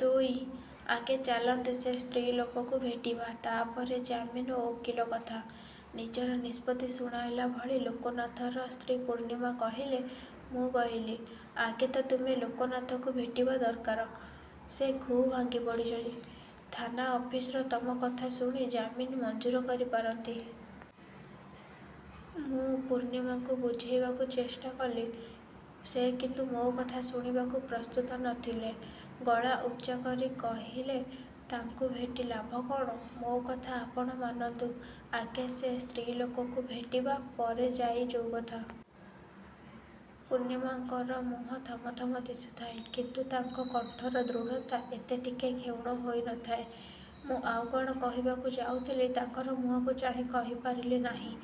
ଦୁଇ।: ଆଗେ ଚାଲନ୍ତୁ ସେ ସ୍ତ୍ରୀ ଲୋକକୁ ଭେଟିବା। ତାପରେ ଜାମିନ ଓ ଓକିଲ କଥା। ନିଜର ନିଷ୍ପତ୍ତି ଶୁଣାଇଲା ଭଳି ଲୋକନାଥର ସ୍ତ୍ରୀ ପୂର୍ଣ୍ଣିମା କହିଲେ। ମୁଁ କହିଲି, "ଆଗେ ତ ତୁମେ ଲୋକନାଥକୁ ଭେଟିବା ଦରକାର। ସେ ଖୁବ୍ ଭାଙ୍ଗିପଡ଼ିଛି। ଥାନା ଅଫିସର ତମ କଥା ଶୁଣି ଜାମିନ ମଂଜୁର କରିପାରନ୍ତି...। " ମୁଁ ପୂର୍ଣ୍ଣିମାଙ୍କୁ ବୁଝେଇବାକୁ ଚେଷ୍ଟା କଲି। ସେ କିନ୍ତୁ ମୋ କଥା ଶୁଣିବାକୁ ପ୍ରସ୍ତୁତ ନ ଥିଲେ। ଗଳା ଉଚ୍ଚା କରି କହିଲେ, "ତାଙ୍କୁ ଭେଟି ଲାଭ କଣ? ମୋ କଥା ଆପଣ ମାନନ୍ତୁ। ଆଗେ ସେ ସ୍ତ୍ରୀଲୋକଙ୍କୁ ଭେଟିବା ପରେ ଯାଇ ଯୋଉ କଥା। " ପୂର୍ଣ୍ଣିମାଙ୍କର ମୁହଁ ଥମଥମ ଦିଶୁଥାଏ। କିନ୍ତୁ ତାଙ୍କ କଣ୍ଠର ଦୃଢ଼ତା ଏତେ ଟିକେ କ୍ଷୁଣ୍ଣ ହୋଇ ନ ଥାଏ। ମୁଁ ଆଉ କ'ଣ କହିବାକୁ ଯାଉଥିଲି ତାଙ୍କର ମୁହଁକୁ ଚାହିଁ କହିପାରିଲି ନାହିଁ।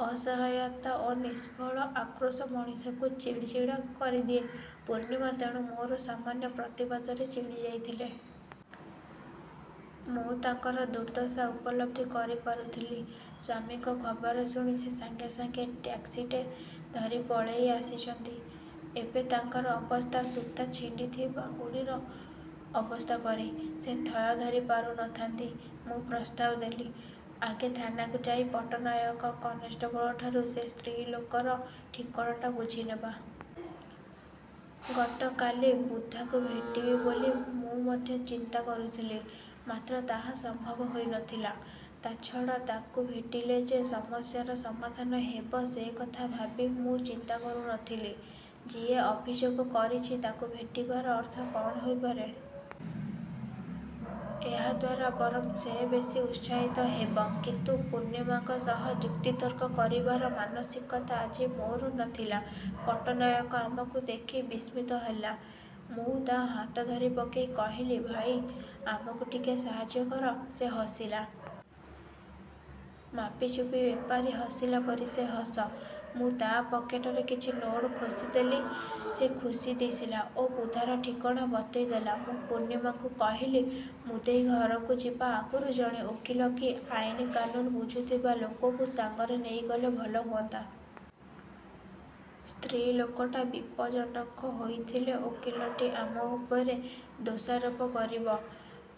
ଅସହାୟତା ଓ ନିଷ୍ଫଳ ଆକ୍ରୋଶ ମଣିଷକୁ ଚିଡ଼ିଚିଡ଼ା କରିଦିଏ। ପୂର୍ଣ୍ଣିମା ତେଣୁ ମୋର ସାମାନ୍ୟ ପ୍ରତିବାଦରେ ଚିଡ଼ିଯାଇଥିଲେ।। ମୁଁ ତାଙ୍କର ଦୁର୍ଦ୍ଦଶା ଉପଲବ୍ଧି କରିପାରୁଥିଲି। ସ୍ୱାମୀଙ୍କ ଖବର ଶୁଣି ସେ ସାଙ୍ଗେ ସାଙ୍ଗେ ଟ୍ୟାକ୍ସିଟେ ଧରି ପଳେଇ ଆସିଛନ୍ତି। ଏବେ ତାଙ୍କର ଅବସ୍ଥା ସୂତା ଛିଣ୍ଡିଥିବା ଗୁଡ଼ିର ଅବସ୍ଥା ପରି। ସେ ଥୟ ଧରି ପାରୁ ନଥାଆନ୍ତି। ମୁଁ ପ୍ରସ୍ତାବ ଦେଲି, "ଆଗେ ଥାନାକୁ ଯାଇ ପଟ୍ଟନାୟକ କନେଷ୍ଟବଳଠାରୁ ସେ ସ୍ତ୍ରୀଲୋକର ଠିକଣାଟା ବୁଝିନେବା। " ଗତକାଲି ବୁଧାକୁ ଭେଟିବି ବୋଲି ମୁଁ ମଧ୍ୟ ଚିନ୍ତା କରିଥିଲି। ମାତ୍ର ତାହା ସମ୍ଭବ ହୋଇ ନଥିଲା। ତାଛଡ଼ା ତାକୁ ଭେଟିଲେ ଯେ ସମସ୍ୟାର ସମାଧାନ ହେବ ସେ କଥା ବି ମୁଁ ଚିନ୍ତା କରୁ ନଥିଲି। ଯିଏ ଅଭିଯୋଗ କରିଛି ତାକୁ ଭେଟିବାର ଅର୍ଥ କଣ ହୋଇପାରେ? ଏହାଦ୍ୱାରା ବରଂ ସେ ବେଶୀ ଉତ୍ସାହିତ ହେବ। କିନ୍ତୁ ପୂର୍ଣ୍ଣିମାଙ୍କ ସହ ଯୁକ୍ତିତର୍କ କରିବାର ମାନସିକତା ଆଜି ମୋର ନ ଥିଲା। ପଟ୍ଟନାୟକ ଆମକୁ ଦେଖି ବିସ୍ମିତ ହେଲା। ମୁଁ ତା ହାତ ଧରିପକେଇ କହିଲି, "ଭାଇ! ଆମକୁ ଟିକେ ସାହାଯ୍ୟ କର। " ସେ ହସିଲା। ମାପିଚୁପି ବେପାରୀ ହସିଲା ପରି ସେ ହସ। ମୁଁ ତା ପକେଟରେ କିଛି ନୋଟ୍ ଖୋସିଦେଲି। ସେ ଖୁସି ଦିଶିଲା ଓ ବୁଧାର ଠିକଣା ବତେଇ ଦେଲା। ମୁଁ ପୂର୍ଣ୍ଣିମାଙ୍କୁ କହିଲି, "ମୁଦେଇ ଘରକୁ ଯିବା ଆଗରୁ ଜଣେ ଓକିଲ କି ଆଇନକାନୁନ ବୁଝୁଥିବା ଲୋକକୁ ସାଙ୍ଗରେ ନେଇଗଲେ ଭଲ ହୁଅନ୍ତା। ସ୍ତ୍ରୀଲୋକଟା ବିପଜ୍ଜନକ ହୋଇଥିଲେ ଓଲଟି ଆମ ଉପରେ ଦୋଷାରୋପ କରିବ,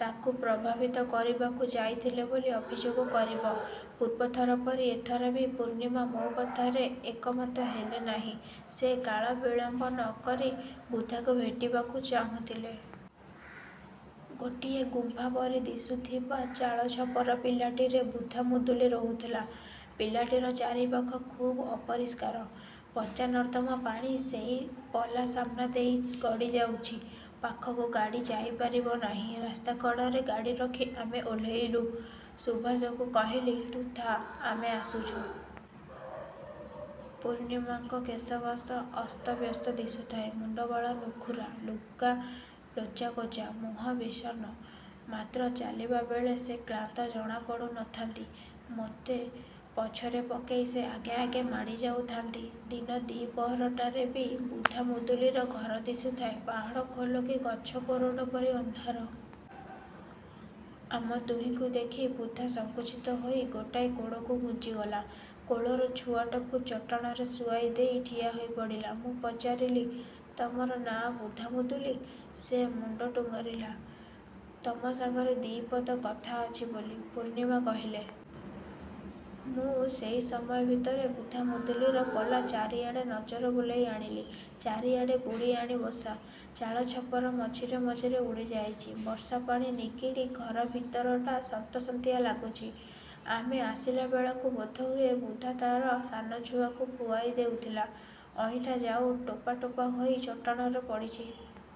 ତାକୁ ପ୍ରଭାବିତ କରିବାକୁ ଯାଇଥିଲେ ବୋଲି ଅଭିଯୋଗ କରିବ। " ପୂର୍ବଥର ପରି ଏଥର ବି ପୂର୍ଣ୍ଣିମା ମୋ କଥାରେ ଏକମତ ହେଲେ ନାହିଁ। ସେ କାଳବିଳମ୍ବ ନ କରି ବୁଧାକୁ ଭେଟିବାକୁ ଚାହୁଁଥିଲେ। ଗୋଟିଏ ଗୁମ୍ଫା ପରି ଦିଶୁଥିବା ଚାଳଛପର ପଲାଟିରେ ବୁଧା ମୁଦୁଲି ରହୁଥିଲା। ପିଲାଟିର ଚାରିପାଖ ଖୁବ୍ ଅପରିଷ୍କାର। ପଚା ନର୍ଦ୍ଦମା ପାଣି ସେଇ ପଲା ସାମ୍ନା ଦେଇ ଗଡ଼ିଯାଉଛି-। ପାଖକୁ ଗାଡ଼ି ଯାଇପାରିବ ନାହିଁ। ରାସ୍ତାକଡ଼ରେ ଗାଡ଼ି ରଖି ଆମେ ଓହ୍ଲେଇଲୁ। ସୁଭାଷକୁ କହିଲି, 'ତୁ ଥା, ଆମେ ଆସୁଛୁ। ' ପୂର୍ଣ୍ଣିମାଙ୍କ କେଶବାସ ଅସ୍ତବ୍ୟସ୍ତ ଦିଶୁଥାଏ। ମୁଣ୍ଡବାଳ ନୁଖୁରା, ଲୁଗା ଲୋଚାକୋଚା, ମୁହଁ ବିଷଣ୍ଣ। ମାତ୍ର ଚାଲିବାବେଳେ ସେ କ୍ଳାନ୍ତ ଜଣାପଡ଼ୁ ନଥାନ୍ତି। ମୋତେ ପଛରେ ପକେଇ ସେ ଆଗେ ଆଗେ ମାଡ଼ିଯାଉଥାନ୍ତି। ଦିନ ଦିପହରଟାରେ ବି ବୁଧା ମୁଦୁଲିର ଘର ଦିଶୁଥାଏ ପାହାଡ଼ ଖୋଲ କି ଗଛ କୋରଡ଼ ପରି ଅନ୍ଧାର। ଆମ ଦୁହିଁଙ୍କୁ ଦେଖି ବୁଧା ସଙ୍କୁଚିତ ହୋଇ ଗୋଟାଏ କୋଣକୁ ଘୁଞ୍ଚିଗଲା। କୋଳର ଛୁଆଟାକୁ ଚଟାଣରେ ଶୁଆଇଦେଇ ଠିଆ ହୋଇପଡ଼ିଲା। ମୁଁ ପଚାରିଲି, 'ତମର ନାଁ ବୁଧା ମୁଦୁଲି? ' ସେ ମୁଣ୍ଡ ଟୁଙ୍ଗାରିଲା।: ତମ ସାଙ୍ଗରେ ଦି' ପଦ କଥା ଅଛି। –ପୂର୍ଣ୍ଣିମା କହିଲେ। ମୁଁ ସେଇ ସମୟ ଭିତରେ ବୁଧା ମୁଦୁଲିର ପଲା ଚାରିଆଡ଼େ ନଜର ବୁଲେଇ ଆଣିଲି। ଚାରିଆଡ଼େ ବୁଢ଼ିଆଣୀ ବସା। ଚାଳଛପର ମଝିରେ ମଝିରେ ଉଡ଼ିଯାଇଚି। ବର୍ଷାପାଣି ନିଗିଡ଼ି ଘର ଭିତରଟା ସନ୍ତସନ୍ତିଆ ଲାଗୁଛି। ଆମେ ଆସିଲାବେଳକୁ ବୋଧହୁଏ ବୁଧା ତାର ସାନଛୁଆକୁ ଖୁଆଇ ଦେଉଥିଲା। ଅଇଁଠା ଜାଉ ଟୋପା ଟୋପା ହୋଇ ଚଟାଣରେ ପଡ଼ିଛି।